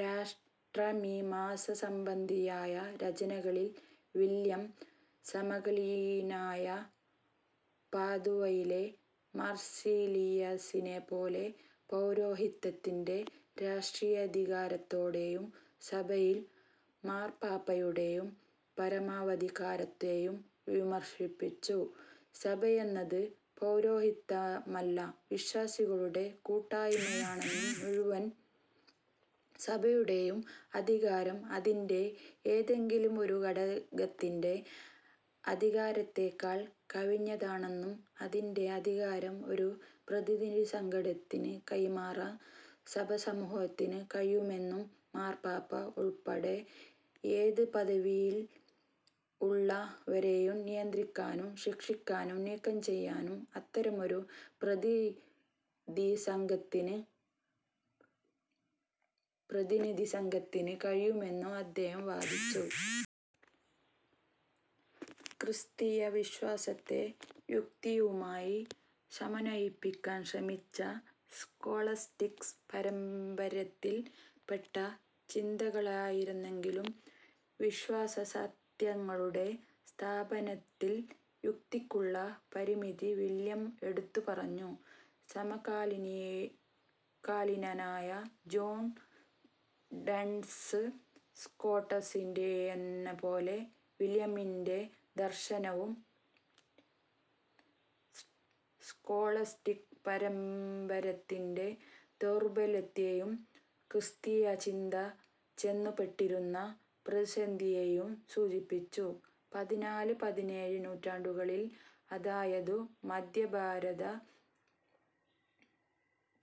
രാഷ്ട്രമീമാസാസംബന്ധിയായ രചനകളിൽ വില്യം, സമകാലീനനായ പാദുവയിലെ മാർസിലിയസിനെപ്പോലെ, പൗരോഹിത്യത്തിന്റെ രാഷ്ട്രീയാധികാരത്തേയും സഭയിൽ മാർപ്പാപ്പായുടെ പരമാധികാരത്തേയും വിമർശിച്ചു. സഭയെന്നത് പൗരോഹിത്യമല്ല വിശ്വാസികളുടെ കൂട്ടായ്മയാണെന്നും മുഴുവൻ സഭയുടേയും അധികാരം അതിന്റെ ഏതെങ്കിലും ഒരു ഘടകത്തിന്റെ അധികാരത്തേക്കൾ കവിഞ്ഞതാണെന്നും അതിന്റെ അധികാരം ഒരു പ്രതിനിധിസംഘത്തിനു കൈമാറാൻ സഭാസമൂഹത്തിനു കഴിയുമെന്നും മാർപ്പാപ്പ ഉൾപ്പെടെ ഏത് പദവിയിൽ ഉള്ളവരേയും നിയന്ത്രിക്കാനും ശിക്ഷിക്കാനും നീക്കം ചെയ്യാനും അത്തരമൊരു പ്രതിനിധിസംഘത്തിനു കഴിയുമെന്നും അദ്ദേഹം വാദിച്ചു. ക്രിസ്തീയവിശ്വാസത്തെ യുക്തിയുമായി സമന്വയിപ്പിക്കാൻ ശ്രമിച്ച സ്കൊളാസ്റ്റിക് പരമ്പര്യത്തിൽ പെട്ട ചിന്തകനായിരുന്നെങ്കിലും വിശ്വാസസത്യങ്ങളുടെ സ്ഥാപനത്തിൽ യുക്തിക്കുള്ള പരിമിതി വില്യം എടുത്തുപറഞ്ഞു. സമകാലീനനായ ജോൺ ഡൺസ് സ്കോട്ടസിന്റെയെന്നപോലെ വില്യമിന്റെ ദർശനവും സ്കൊളാസ്റ്റിക് പരമ്പര്യത്തിന്റെ ദൗർബല്യത്തേയും ക്രിസ്തീയചിന്ത ചെന്നുപെട്ടിരുന്ന പ്രതിസന്ധിയേയും സൂചിപ്പിച്ചു. പതിനാല് പതിനേഴ് നൂറ്റാണ്ടുകളിൽ അതായതു മദ്ധ്യഭാരത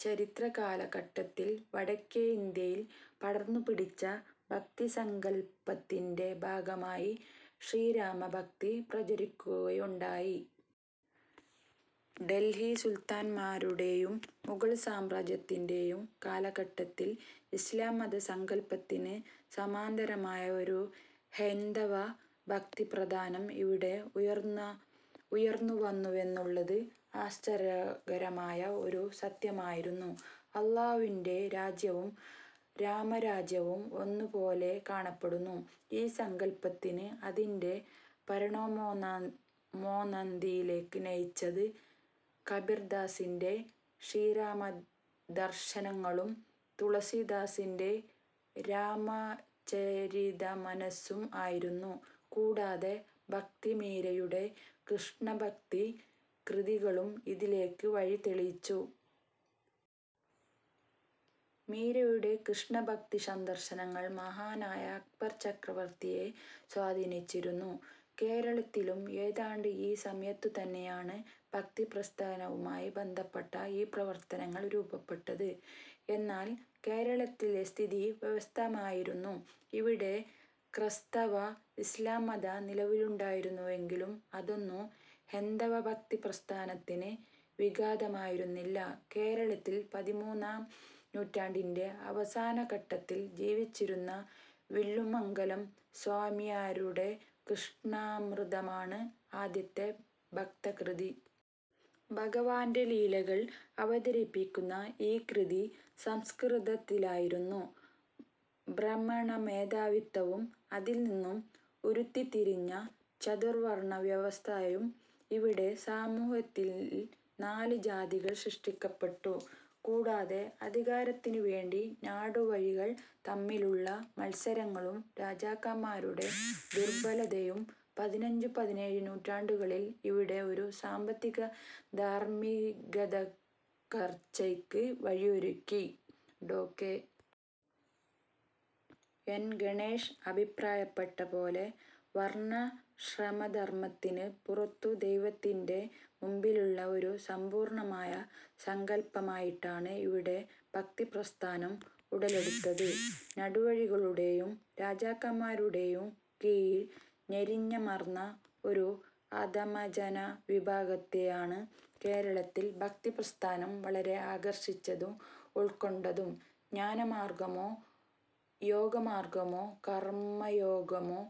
ചരിത്രകാല ഘട്ടത്തിൽ വടക്കേ ഇന്ത്യയിൽ പടർന്നു പിടിച്ച ഭക്തിസങ്കൽപ്പത്തിൻറെ ഭാഗമായി ശ്രീരാമ ഭക്തി പ്രചരിക്കുകയുണ്ടായി. ഡൽഹി സുൽത്താന്മാരുടേയും മുഗൾ സാമ്രാജ്യത്തിൻറെയും കാലഘട്ടത്തിൽ ഇസ്ലാംമത സങ്കൽപ്പത്തിന് സമാന്തരമായ ഒരു ഹൈന്ദവ ഭക്തിപ്രസ്ഥാനം ഇവിടെ ഉയർന്നുവന്നുവെന്നുള്ളത് ആശ്ചര്യകരമായ ഒരു സത്യമായിരുന്നു. അല്ലാഹുവിൻറെ രാജ്യവും രാമരാജ്യവും ഒന്നുപോലെ കാണപ്പെടുന്നു ഈ സങ്കല്പ്പത്തിനെ അതിൻറെ പരമോന്നതിയിലേക്ക് നയിച്ചത് കബിർദാസിൻറെ ശ്രീരാമദർശനങ്ങളും തുളസിദാസിൻറെ രാമചരിതമാനസ്സും ആയിരുന്നു. കൂടാത ഭക്തമീരയുടെ ശ്രീകൃഷ്ണഭക്തി കൃതികളും ഇതിലേക്ക് വഴി തെളിച്ചു. മീരയുടെ കൃഷ്ണഭക്തിദർശനങ്ങൾ മഹാനായ അക്ബർ ചക്രവർത്തിയെ സ്വാധീനിച്ചിരുന്നു. കേരളത്തിലും ഏതാണ്ട് ഈ സമയത്തുതന്നെയാണ് ഭക്തിപ്രസ്ഥനവുമായി ബന്ധപ്പെട്ട ഈ പ്രവർത്തനങ്ങൾ രൂപപ്പെട്ടത്. എന്നാൽ കേരളത്തിലെ സ്ഥിതി വ്യത്യസ്തമായിരുന്നു, ഇവിടെ ക്രൈസ്തവ – ഇസ്ലാം മതങ്ങൾ നിലവിലുണ്ടായിരുന്നെങ്കിലും അതൊന്നും ഹൈന്ദവ ഭക്തിപ്രസ്ഥാനത്തിന് വിഘാതമായിരുന്നില്ല. കേരളത്തിൽ പതിമൂന്നാം നൂറ്റാണ്ടിൻറെ അവസാനഘട്ടത്തിൽ ജീവിച്ചിരുന്ന വില്ലുമംഗലം സ്വാമിയാരുടെ ശ്രീകൃഷ്ണാമൃതമാണ് ആദ്യത്തെ ഭക്തകൃതി. ഭഗവാൻറെ ലീലകൾ അവതരിപ്പിക്കുന്ന ഈ കൃതി സംസ്കൃതത്തിലായിരുന്നു. ബ്രാഹ്മണ മേധാവിത്വവും അതിൽനിന്നു ഉരുത്തിതിരിഞ്ഞ ചാതുർവർണ്ണ്യവ്യവസ്ഥയും ഇവിടെ സമൂഹത്തിൽ നാല് ജാതികൾ സൃഷ്ടിക്കപ്പെട്ടു, കൂടാതെ അധികാരത്തിനുവേണ്ടി നാടുവാഴികൾ തമ്മിലുള്ള മത്സരങ്ങളും രാജാക്കന്മാരുടെ ദുർബലതയും പതിനഞ്ചു പതിനേഴു നൂറ്റാണ്ടുകളിൽ ഇവിടെ ഒരു സാമ്പത്തിക- ധാർമ്മികതകർച്ചയ്ക്ക് വഴിയൊരുക്കി ഡോ കെ.. എൻ ഗണേഷ് അഭിപ്രായപ്പെട്ടപോലെ വർണ്ണാശ്രമധർമത്തിന് പുറത്തു ദൈവത്തിൻറെ മുമ്പിലുള്ള ഒരു സമ്പൂർണമായ സങ്കല്പ്പമായിട്ടാണ് ഇവിടെ ഭക്തിപ്രസ്ഥാനം ഉടലെടുത്തത് നാടുവാഴികളുടെയും രാജാക്കന്മാരുടേയും കീഴിൽ ഞെരിഞമർന്ന ഒരു അധമജനവിഭാഗത്തെയാണ് കേരളത്തിൽ ഭക്തിപ്രസ്ഥാനം വളരെ ആകർഷിച്ചതും ഉൾക്കൊണ്ടതും ജ്ഞാനമാർഗ്ഗമോ യോഗമാർഗ്ഗമോ കർമ്മയോഗമോ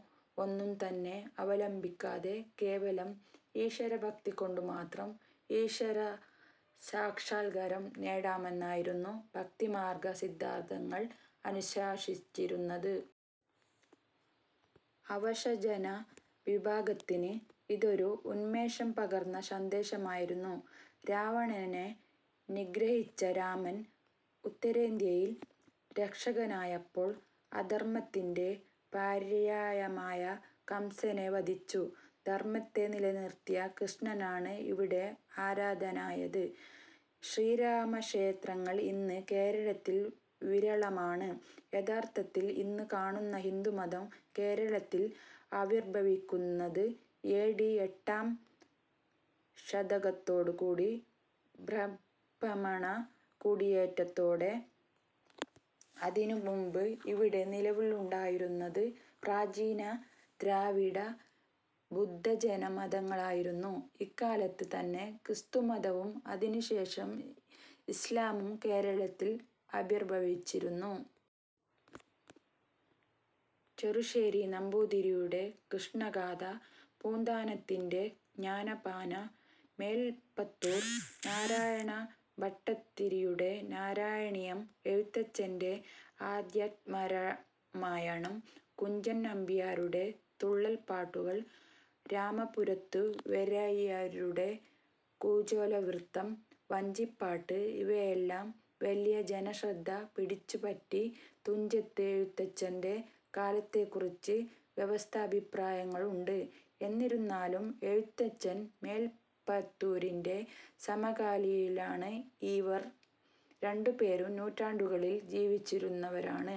ഒന്നും തന്നെ അവലംബിക്കാതെ കേവലം ഈശ്വരഭക്തി കൊണ്ടുമാത്രം ഈശ്വരസാക്ഷൽക്കാരം നേടാമെന്നതായിരുന്നു ഭക്തിമാർഗ്ഗ സിദ്ധാന്തങ്ങൾ അനുശാസിച്ചിരുന്നത്. അവശജനവിഭാഗത്തിന് ഇതൊരൂ ഉന്മേഷ പകർന്ന സന്ദേശമായിരുന്നു. രാവണനെ നിഗ്രഹിച്ച രാമൻ ഉത്തരേന്ത്യയിൽ രക്ഷകനായപ്പോൾ അധർമ്മത്തിൻറെ പര്യായമായ കംസനെ വധിച്ചു ധർമ്മത്തെ നിലനിർത്തിയ കൃഷ്ണനാണ് ഇവിടെ ആരാധ്യനായത്. ശ്രീരാമക്ഷേത്രങ്ങൾ ഇന്ന് കേരളത്തിൽ വിരളമാണ്. യഥാർഥത്തിൽ ഇന്ന് കാണുന്ന ഹിന്ദുമതം കേരളത്തിൽ ആവിർഭവിക്കുന്നത് എ, ഡി, എട്ടാം ശതകത്തോട് കൂടിയ ബ്രാഹ്മണ കുടിയേറ്റത്തോടെയാണ് അതിനു മുൻപ് ഇവിടെ നിലവിലുണ്ടായിരുന്നത് പ്രാചീന ദ്രാവിഡ, ബുദ്ധ-ജൈന മതങ്ങളായിരുന്നു, ഇക്കാലത്ത് തന്നെ ക്രിസ്തു മതവും അതിനുശേഷം ഇസ്ലാമും കേരളത്തിൽ ആവിർഭവിച്ചിരുന്നു. ചെറുശ്ശേരി നമ്പുതിരിയുടെ കൃഷ്ണഗാഥ, പൂന്താനത്തിൻറെ, ജ്ഞാനപ്പാന, മേൽപ്പത്തൂർ നാരായണ ഭട്ടതിരിയുടെ നാരായണീയം, എഴുത്തച്ഛൻറെ അദ്ധ്യാത്മരാമായണം, കുഞ്ചൻ നമ്പിയാരുടെ തുള്ളൽപ്പാട്ടുകൾ, രാമപുരത്തു വാരിയരുടെ കുചേലവൃത്തം വഞ്ചിപ്പാട്ട് ഇവയെല്ലാം വലിയ ജനശ്രദ്ധ പിടിച്ചുപറ്റി തുഞ്ചത്ത് എഴുത്തച്ഛൻറെ കാലത്തെക്കുറിച്ച് വ്യത്യസ്ത അഭിപ്രായങ്ങളുണ്ട്, എന്നിരുന്നാലും എഴുത്തച്ഛൻ മേൽപ്പത്തൂരിൻറെ സമകാലികനാണ്, ഇവർ രണ്ടുപേരും നൂറ്റാണ്ടുകളിൽ ജീവിച്ചിരുന്നവരാണ്,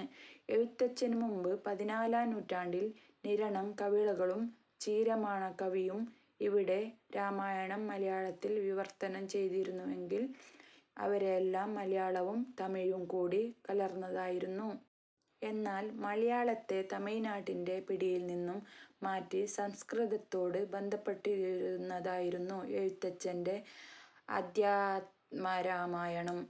എഴുത്തച്ഛനു മുമ്പ് പതിനാലാം നൂടണ്ടിൽ നിരണം കവികളും ചീരാമ കവിയും ഇവിടെ രാമായണം മലയാളത്തിൽ വിവർത്തനം ചെയ്തിരുന്നുവെങ്കിലും അവയെല്ലാം മലയാളവും തമിഴും കൂടി കലർന്നതായിരുന്നു. എന്നാൽ മലയാളത്തെ തമിഴിൻറെ പിടിയിൽ നിന്നും മാറ്റി, സംസ്കൃതത്തോട് ബന്ധപ്പെടുത്തിയതായിരുന്നു എഴുത്തച്ഛൻറെ അദ്ധ്യാത്മരാമായണം.